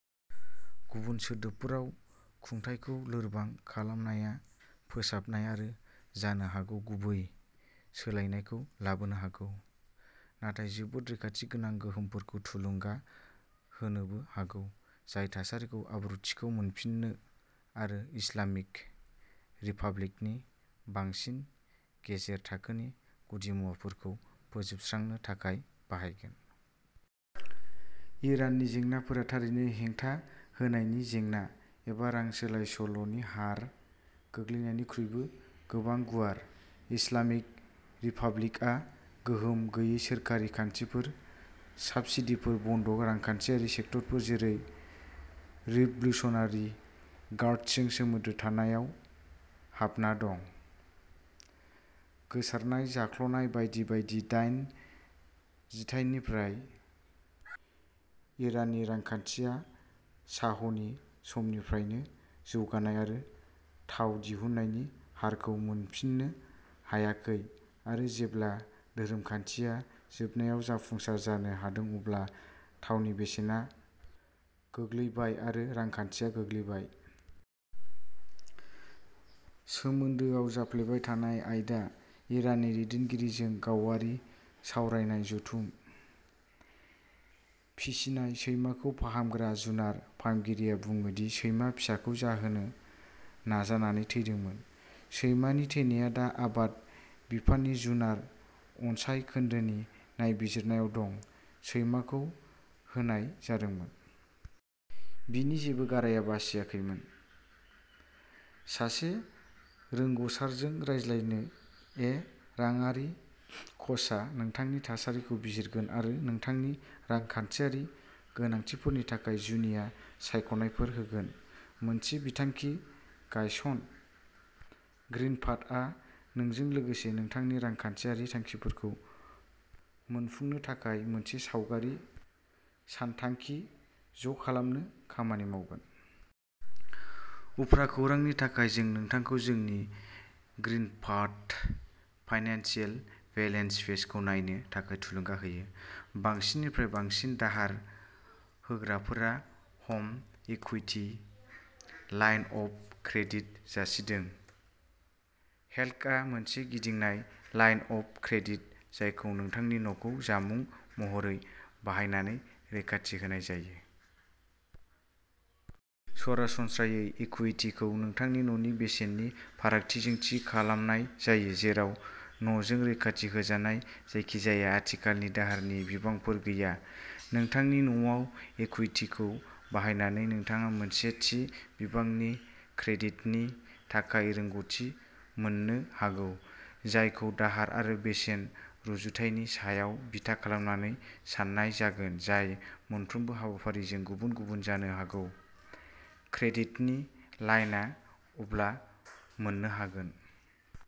गुबुन सोदोबफोराव खुंथायखौ लोरबां खालामनाया फोसाबनाय आरो जानो हागौ गुबै सोलायनायखौ लाबोनो हागौ। नाथाय जोबोद रैखाथि गोनां गोहोफोरखौ थुलुंगा होनोबो हागौ जाय थासारिखौ "आब्रुथिखौ मोनफिननो" आरो इस्लामिक रिपाब्लिकनि बांसिन गेजेर थाखोनि गुदिमुवाफोरखौ फोजोबस्रांनो थाखाय बाहायगोन। इराननि जेंनाफोरा थारैनो हेंथा होनायनि जेंना एबा रां सोलायसोल'नि हार गोग्लैनायनिख्रुइबो गोबां गुवार। इस्लामिक रिपाब्लिकआ गोहोम गैयै सोरखारि खान्थिफोर, साब्सिडीफोर, बन्द रांखान्थियारि सेक्टरफोर, जेरै रिभलुशनारि गार्ड्सजों सोमोन्दो थानाय, आव हाबना दं। गोसारनाय जाख्लनाय बायदि बायदि दाइन जिथाइनिफ्राय इराननि रांखान्थिया शाहनि समनिफ्रायनो जौगानाय आरो थाव दिहुन्नायनि हारखौ मोनफिननो हायाखै आरो जेब्ला धोरोमखान्थिया जोबनायाव जाफुंसार जानो हादों अब्ला थावनि बेसेना गोग्लैबाय आरो रांखान्थिया गोग्लैबाय। सोमोन्दोआव जाफ्लेबाय थानाय आयदा इराननि दैदेनगिरिजों गावारि सावराय जथुम। फिसिनाय सैमाखौ फाहामग्रा जुनार फाहामगिरिया बुङो दि सैमा फिसाखौ जाहोनो नाजानानै थैदोंमोन। सैमानि थैनाया दा आबाद बिफाननि जुनार अनसाइ खोन्दोनि नायबिजिरनायाव दं। सैमाखौ होनाय जादोंमोन। बिनि जेबो गारायआ बासियाखैमोन। सासे रोंग'सारजों रायज्लायो ए राङारि क'चआ नोंथांनि थासारिखौ बिजिरगोन आरो नोंथांनि रांखान्थियारि गोनांथिफोरनि थाखाय जुनिया सायख'नायफोर होगोन। मोनसे बिथांखि गायसन ग्रीनपाथआ नोंथांजों लोगोसे नोंथांनि रांखान्थियारि थांखिफोरखौ मोनफुंनो थाखाय मोनसे गावारि सानथांखि ज'खालामनो खामानि मावगोन। उफ्रा खौरांनि थाखाय जों नोंथांखौ जोंनि ग्रीनपाथ फाइनेन्सियेल वेलनेस पेजखौ नायनो थाखाय थुलुंगा होयो। बांसिननिफ्राय बांसिन दाहार होग्राफोरा home equity line of credit जासिदों। हेलकआ मोनसे गिदिंनाय लाइन अफ क्रेडिट जायखौ नोंथांनि न'खौ जामुं महरै बाहायनानै रैखाथि होनाय जायो। सरासनस्रायै इकुइटिखौ नोंथांनि न'नि बेसेननि फारागथिजों थि खालामनाय जायो जेराव न'जों रैखाथि होजानाय जायखिजाया आथिखालनि दाहारनि बिबांफोर गैया। नोंथांनि न'आव इकुइटिखौ बाहायनानै नोंथाङा मोनसे थि बिबांनि क्रेडिटनि थाखाय रोंग'थि मोननो हागौ। जायखौ दाहार आरो बेसेन रुजुथायनि सायाव बिथा खालामनानै सान्नाय जागोन जाय मोनफ्रोमबो हाबाफारिजों गुबुन-गुबुन जानो हागौ। क्रेडिटनि लाइनआ अब्ला मोन्नो हागोन।